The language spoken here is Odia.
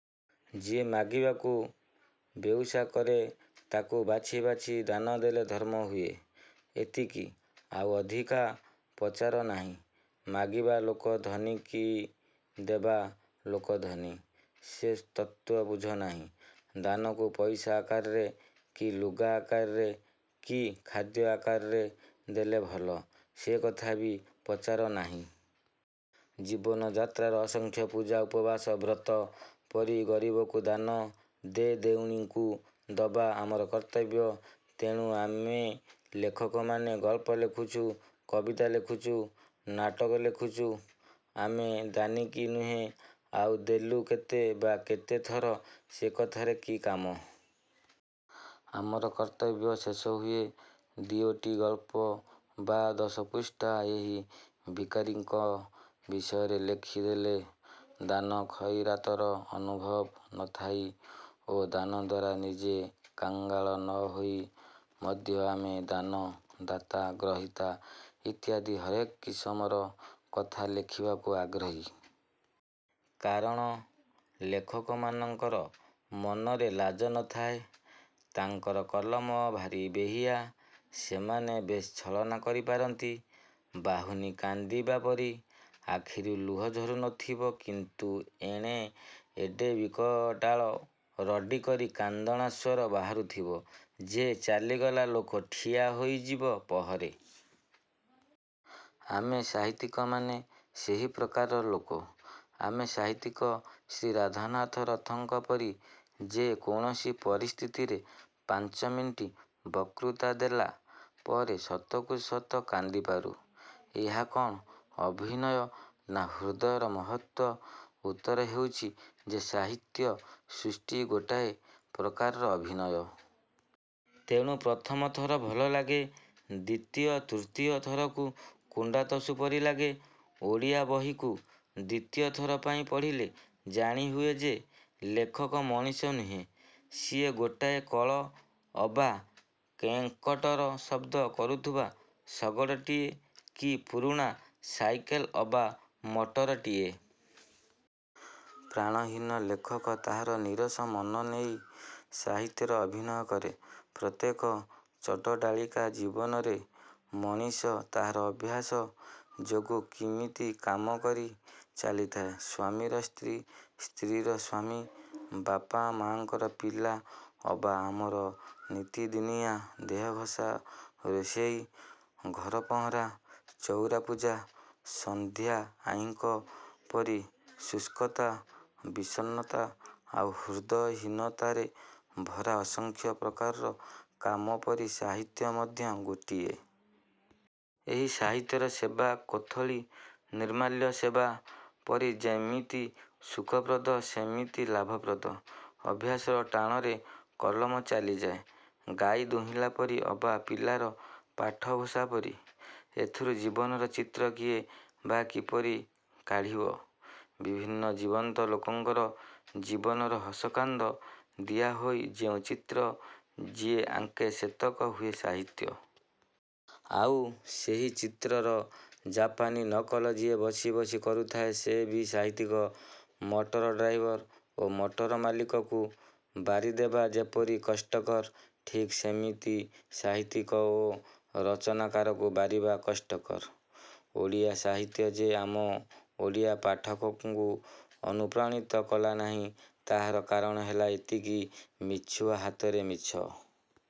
ଯିଏ ମାଗିବାକୁ ବେଉଷା କରେ ତାକୁ ବାଛି ବାଛି ଦାନ ଦେଲେ ଧର୍ମ ହୁଏ। ଏତିକି। ଆଉ ଅଧିକା ପଚାର ନାହିଁ। ମାଗିବା ଲୋକ ଧନୀ କି ଦେବା ଲୋକ ଧନୀ-ସେ ତତ୍ତ୍ୱ ବୁଝ ନାହିଁ। ଦାନକୁ ପଇସା ଆକାରରେ, କି ଲୁଗା ଆକାରରେ କି ଖାଦ୍ୟ ଆକାରରେ ଦେଲେ ଭଲ-ସେକଥା ବି ପଚାର ନାହିଁ-। ଜୀବନଯାତ୍ରାର ଅସଂଖ୍ୟ ପୂଜା ଉପବାସ ବ୍ରତ ପରି ଗରିବକୁ ଦାନ, ଦେ-ଦେଉଣିଙ୍କୁ ଦବା ଆମର କର୍ତ୍ତବ୍ୟ। ତେଣୁ ଆମେ ଲେଖକମାନେ ଗଳ୍ପ ଲେଖୁଛୁ, କବିତା ଲେଖୁଛୁ, ନାଟକ ଲେଖୁଛୁ-। ଆମେ ଦାନୀ କି ନୁହଁ ଆଉ ଦେଲୁ କେତେ ବା କେତେ ଥର-ସେ କଥାରେ କି କାମ? ଆମର କର୍ତ୍ତବ୍ୟ ଶେଷ ହୁଏ ଦିଓଟି ଗଳ୍ପ ବା ଦଶପୃଷ୍ଠା ଏହି ଭିକାରୀଙ୍କ ବିଷୟରେ ଲେଖି ଦେଲେ। ଦାନ ଖଇରାତର ଅନୁଭବ ନ ଥାଇ ଓ ଦାନ ଦ୍ୱାରା ନିଜେ କାଙ୍ଗାଳ ନ ହୋଇ ମଧ୍ୟ ଆମେ ଦାନ, ଦାତା, ଗ୍ରହୀତା ଇତ୍ୟାଦି ହରେକ କିସମର କଥା ଲେଖିବାକୁ ଆଗ୍ରହୀ। କାରଣ ଲେଖକମାନଙ୍କର ମନରେ ଲାଜ ନ ଥାଏ-ତାଙ୍କର କଲମ ଭାରି ବେହିଆ। ସେମାନେ ବେଶ୍ ଛଳନା କରିପାରନ୍ତି-ବାହୁନି କାନ୍ଦିବା ପରି। ଆଖିରୁ ଲୁହ ଝରୁ ନ ଥିବ କିନ୍ତୁ ଏଣେ ଏଡ଼େ ବିକଟାଳ ରଡ଼ି କରି କାନ୍ଦଣା ସ୍ୱର ବାହାରୁଥିବ ଯେ ଚାଲିଗଲା ଲୋକ ଠିଆ ହୋଇଯିବ ପହରେ। ଆମେ ସାହିତ୍ୟିକମାନେ ସେହି ପ୍ରକାରର ଲୋକ। ଆମେ ସାହିତ୍ୟିକ ଶ୍ରୀ ରାଧାନାଥ ରଥଙ୍କ ପରି ଯେ କୌଣସି ପରିସ୍ଥିତିରେ ପାଞ୍ଚମିନିଟ୍ ବକ୍ତୃତା ଦେଲା ପରେ ସତକୁ ସତ କାନ୍ଦିପାରୁ-। ଏହା କ'ଣ ଅଭିନୟ ନା ହୃଦୟର ମହତ୍ତ୍ୱ? ଉତ୍ତର ହେଉଛି ଯେ ସାହିତ୍ୟ ସୃଷ୍ଟି ଗୋଟାଏ ପ୍ରକାରର ଅଭିନୟ। ତେଣୁ ପ୍ରଥମ ଥର ଭଲ ଲାଗେ। ଦ୍ୱିତୀୟ ତୃତୀୟ ଥରକୁ କୁଣ୍ତାତସୁ ପରି ଲାଗେ। ଓଡ଼ିଆ ବହିକୁ ଦ୍ୱିତୀୟ ଥର ପାଇଁ ପଢ଼ିଲେ ଜାଣିହୁଏ ଯେ ଲେଖକ ମଣିଷ ନୁହେଁ-ସିଏ ଗୋଟାଏ କଳ ଅବା କେଁକଟର ଶଦ୍ଦ କରୁଥିବା ଶଗଡ଼ଟିଏ କି ପୁରୁଣା ସାଇକଲ୍ ଅବା ମଟରଟିଏ। ପ୍ରାଣହୀନ ଲେଖକ ତାହାର ନିରସ ମନ ନେଇ ସାହିତ୍ୟର ଅଭିନୟ କରେ। ପ୍ରତ୍ୟେକ ଚଡ଼ଡାଳିକା ଜୀବନରେ ମଣିଷ ତାହାର ଅଭ୍ୟାସ ଯୋଗୁଁ କେମିତି କାମ କରି ଚାଲିଥାଏ। ସ୍ୱାମୀର ସ୍ତ୍ରୀ, ସ୍ତ୍ରୀର ସ୍ୱାମୀ, ବାପମାଙ୍କର ପିଲା ଅବା ଆମର ନିତିଦିନିଆ ଦେହଘସା ରୋଷେଇ, ଘର ପହଁରା, ଚଉରା ପୂଜା, ସନ୍ଧ୍ୟା ଆହ୍ନିକ ପରି ଶୁଷ୍କତା ବିଷର୍ଣ୍ଣତା ଆଉ ହୃଦୟହୀନତାରେ ଭରା ଅସଂଖ୍ୟ ପ୍ରକାରର କାମ ପରି ସାହିତ୍ୟ ମଧ୍ୟ ଗୋଟିଏ। ଏହି ସାହିତ୍ୟର ସେବା କୋଥଳି ନିର୍ମାଲ୍ୟ ସେବା ପରି ଯେମିତି ସୁଖପ୍ରଦ ସେମିତି ଲାଭପ୍ରଦ। ଅଭ୍ୟାସର ଟାଣରେ କଲମ ଚାଲିଯାଏ ଗାଈ ଦୁହିଁଲା ପରି ଅବା ପିଲାର ପାଠଘୋଷା ପରି। ଏଥରୁ ଜୀବନର ଚିତ୍ର କିଏ ବା କିପରି କାଢ଼ିବ? ବିଭିନ୍ନ ଜୀବନ୍ତ ଲୋକଙ୍କର ଜୀବନର ହସକାନ୍ଦ ଦିଆ ହୋଇ ଯେଉଁ ଚିତ୍ର ଯିଏ ଆଙ୍କେ ସେତକ ହୁଏ ସାହିତ୍ୟ। ଆଉ ସେହି ଚିତ୍ରର ଯାପାନୀ ନକଲ ଯିଏ ବସି ବସି କରୁଥାଏ ସେ ବି ସାହିତ୍ୟିକ। ମଟର ଡ୍ରାଇଭର ଓ ମଟର ମାଲିକକୁ ବାରିଦେବା ଯେପରି କଷ୍ଟକର ଠିକ୍ ସେମିତି ସାହିତ୍ୟିକ ଓ ରଚନାକାରକୁ ବାରିବା କଷ୍ଟକର। ଓଡ଼ିଆ ସାହିତ୍ୟ ଯେ ଆମ ଓଡ଼ିଆ ପାଠକଙ୍କୁ ଅନୁପ୍ରାଣିତ କଲା ନାହିଁ ତାହାର କାରଣ ହେଲା ଏତିକି। ମିଛୁଆ ହାତରେ ମିଛ